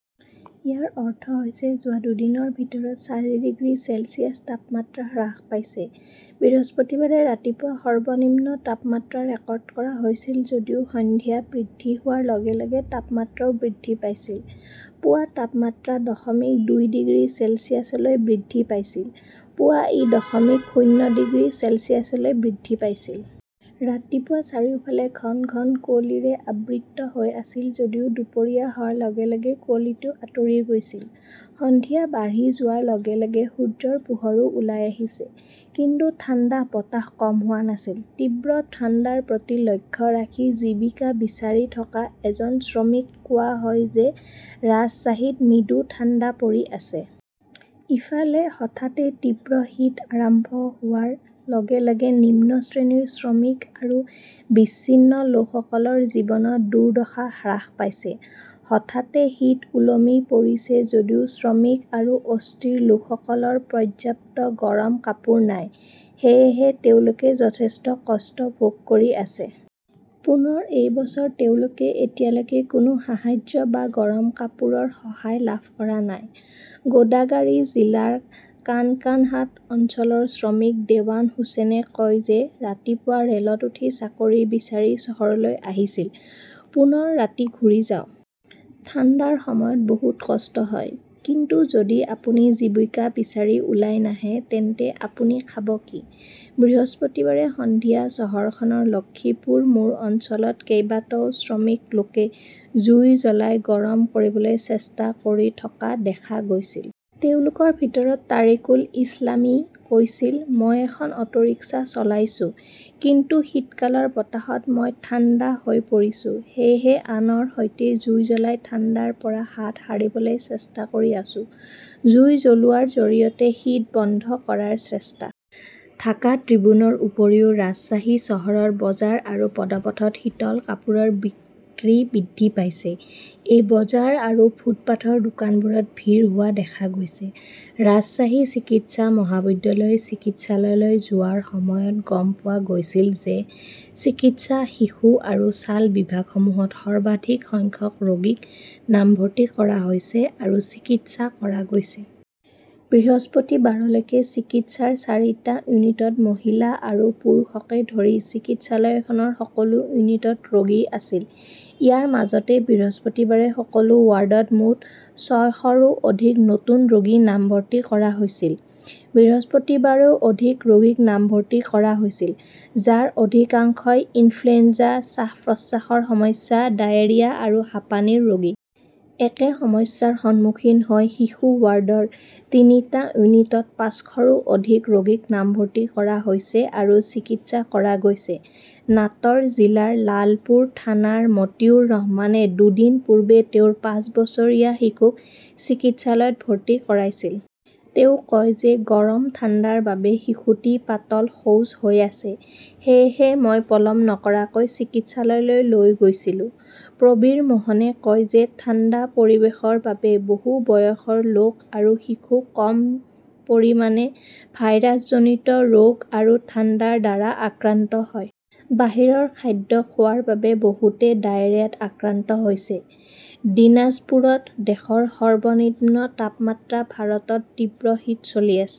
ইয়াৰ অৰ্থ হৈছে যোৱা দুদিনৰ ভিতৰত চাৰি ডিগ্ৰী চেলছিয়াছ তাপমাত্ৰা হ্ৰাস পাইছে। বৃহস্পতিবাৰে ৰাতিপুৱা সৰ্বনিম্ন তাপমাত্ৰা ৰেকৰ্ড কৰা হৈছিল যদিও সন্ধিয়া বৃদ্ধি হোৱাৰ লগে লগে তাপমাত্ৰাও বৃদ্ধি পাইছিল। পুৱা তাপমাত্ৰা দশমিক দুই ডিগ্ৰী চেলছিয়াছলৈ বৃদ্ধি পাইছিল, পুৱা ই দশমিক শূন্য ডিগ্ৰী চেলছিয়াছলৈ বৃদ্ধি পাইছিল। ৰাতিপুৱা চাৰিওফালে ঘন ঘন কুঁৱলীৰে আবৃত হৈ আছিল যদিও দুপৰীয়া হোৱাৰ লগে লগে কুঁৱলীটো আঁতৰি গৈছিল। সন্ধিয়া বাঢ়ি যোৱাৰ লগে লগে সূৰ্যৰ পোহৰো ওলাই আহিছে। কিন্তু ঠাণ্ডা বতাহ কম হোৱা নাছিল। তীব্ৰ ঠাণ্ডাৰ প্ৰতি লক্ষ্য ৰাখি জীৱিকা বিচাৰি থকা এজন শ্ৰমিক কোৱা হয় যে ৰাজশ্বাহীত মৃদু ঠাণ্ডা পৰি আছে। ইফালে, হঠাতে তীব্ৰ শীত আৰম্ভ হোৱাৰ লগে লগে নিম্ন শ্ৰেণীৰ শ্ৰমিক আৰু বিচ্ছিন্ন লোকসকলৰ জীৱনত দুৰ্দশা হ্ৰাস পাইছে। হঠাতে শীত ওলমি পৰিছে যদিও শ্ৰমিক আৰু অস্থিৰ লোকসকলৰ পৰ্যাপ্ত গৰম কাপোৰ নাই। সেয়েহে তেওঁলোকে যথেষ্ট কষ্ট ভোগ কৰি আছে। পুনৰ এই বছৰ তেওঁলোকে এতিয়ালৈকে কোনো সাহাৰ্য বা গৰম কাপোৰৰ সহায় লাভ কৰা নাই। গোদাগাৰী জিলাৰ কানকানহাট অঞ্চলৰ শ্ৰমিক দেৱান হুচেইনে কয় যে, ৰাতিপুৱা ৰে'লত উঠি চাকৰি বিচাৰি চহৰলৈ আহিছিল। পুনৰ ৰাতি ঘূৰি যাওঁ। ঠাণ্ডাৰ সময়ত বহুত কষ্ট হয়। কিন্তু যদি আপুনি জীৱিকা বিচাৰি ওলাই নাহে তেন্তে আপুনি খাব কি? বৃহস্পতিবাৰে সন্ধিয়া চহৰখনৰ লক্ষিপুৰ মোৰ অঞ্চলত কেইবাটাও শ্ৰমিক লোকে জুই জ্বলাই গৰম কৰিবলৈ চেষ্টা কৰি থকা দেখা গৈছিল। তেওঁলোকৰ ভিতৰত তাৰিকুল ইছলামই কৈছিল, মই এখন অটৰিক্সা চলাইছোঁ। কিন্তু শীতকালৰ বতাহত মই ঠাণ্ডা হৈ পৰিছোঁ। সেয়েহে আনৰ সৈতে জুই জ্বলাই ঠাণ্ডাৰ পৰা হাত সাৰিবলৈ চেষ্টা কৰি আছোঁ। জুই জ্বলোৱাৰ জৰিয়তে শীত বন্ধ কৰাৰ চেষ্টা। ঢাকা ট্ৰিবিউনৰ উপৰিও ৰাজশ্বাহী চহৰৰ বজাৰ আৰু পদপথত শীতল কাপোৰৰ বিক্ৰী বৃদ্ধি পাইছে। এই বজাৰ আৰু ফুটপাতৰ দোকানবোৰত ভিৰ হোৱা দেখা গৈছে। ৰাজশ্বাহী চিকিৎসা মহাবিদ্যালয় চিকিৎসালয়লৈ যোৱাৰ সময়ত গম পোৱা গৈছিল যে চিকিৎসা, শিশু আৰু ছাল বিভাগসমূহত সৰ্বাধিক সংখ্যক ৰোগীক নামভৰ্তি কৰা হৈছে আৰু চিকিৎসা কৰা হৈছে। বৃহস্পতিবাৰলৈকে চিকিৎসাৰ চাৰিটা ইউনিটত মহিলা আৰু পুৰুষকে ধৰি চিকিৎসালয়খনৰ সকলো ইউনিটত ৰোগী আছিল। ইয়াৰ মাজতে বৃহস্পতিবাৰে সকলো ৱাৰ্ডত মুঠ ছয়শৰো অধিক নতুন ৰোগীৰ নামভৰ্তি কৰা হৈছিল। বৃহস্পতিবাৰেও অধিক ৰোগীক নামভৰ্তি কৰা হৈছিল, যাৰ অধিকাংশই ইনফ্লুৱেঞ্জা, শ্বাস-প্ৰশ্বাসৰ সমস্যা, ডায়েৰিয়া আৰু হাঁপানিৰ ৰোগী। একে সমস্যাৰ সন্মুখীন হৈ শিশু ৱাৰ্ডৰ তিনিটা ইউনিটত পাঁচশৰো অধিক ৰোগীক নামভৰ্তি কৰা হৈছে আৰু চিকিৎসা কৰা হৈছে। নাট 'ৰ জিলাৰ লালপুৰ থানাৰ মতিউৰ ৰহমানে দুদিন পূৰ্বে তেওঁৰ পাঁচ বছৰীয়া শিশুক চিকিৎসালয়ত ভৰ্তি কৰাইছিল। তেওঁ কয় যে, গৰম ঠাণ্ডাৰ বাবে শিশুটি পাতল শৌচা হৈ আছে। সেয়েহে মই পলম নকৰাকৈ চিকিৎসালয়লৈ লৈ গৈছিলোঁ। প্ৰবীৰ মোহনে কয় যে, ঠাণ্ডা পৰিৱেশৰ বাবে বহু বয়সৰ লোক আৰু শিশু কম পৰিমাণে ভাইৰাছজনিত ৰোগ আৰু ঠাণ্ডাৰ দ্বাৰা আক্ৰান্ত হয়। বাহিৰৰ খাদ্য খোৱাৰ বাবে বহুতে ডায়েৰিয়াত আক্ৰান্ত হৈছে। দিনাজপুৰত দেশৰ সৰ্বনিম্ন তাপমাত্ৰা ভাৰতত তীব্ৰ শীত চলি আছে।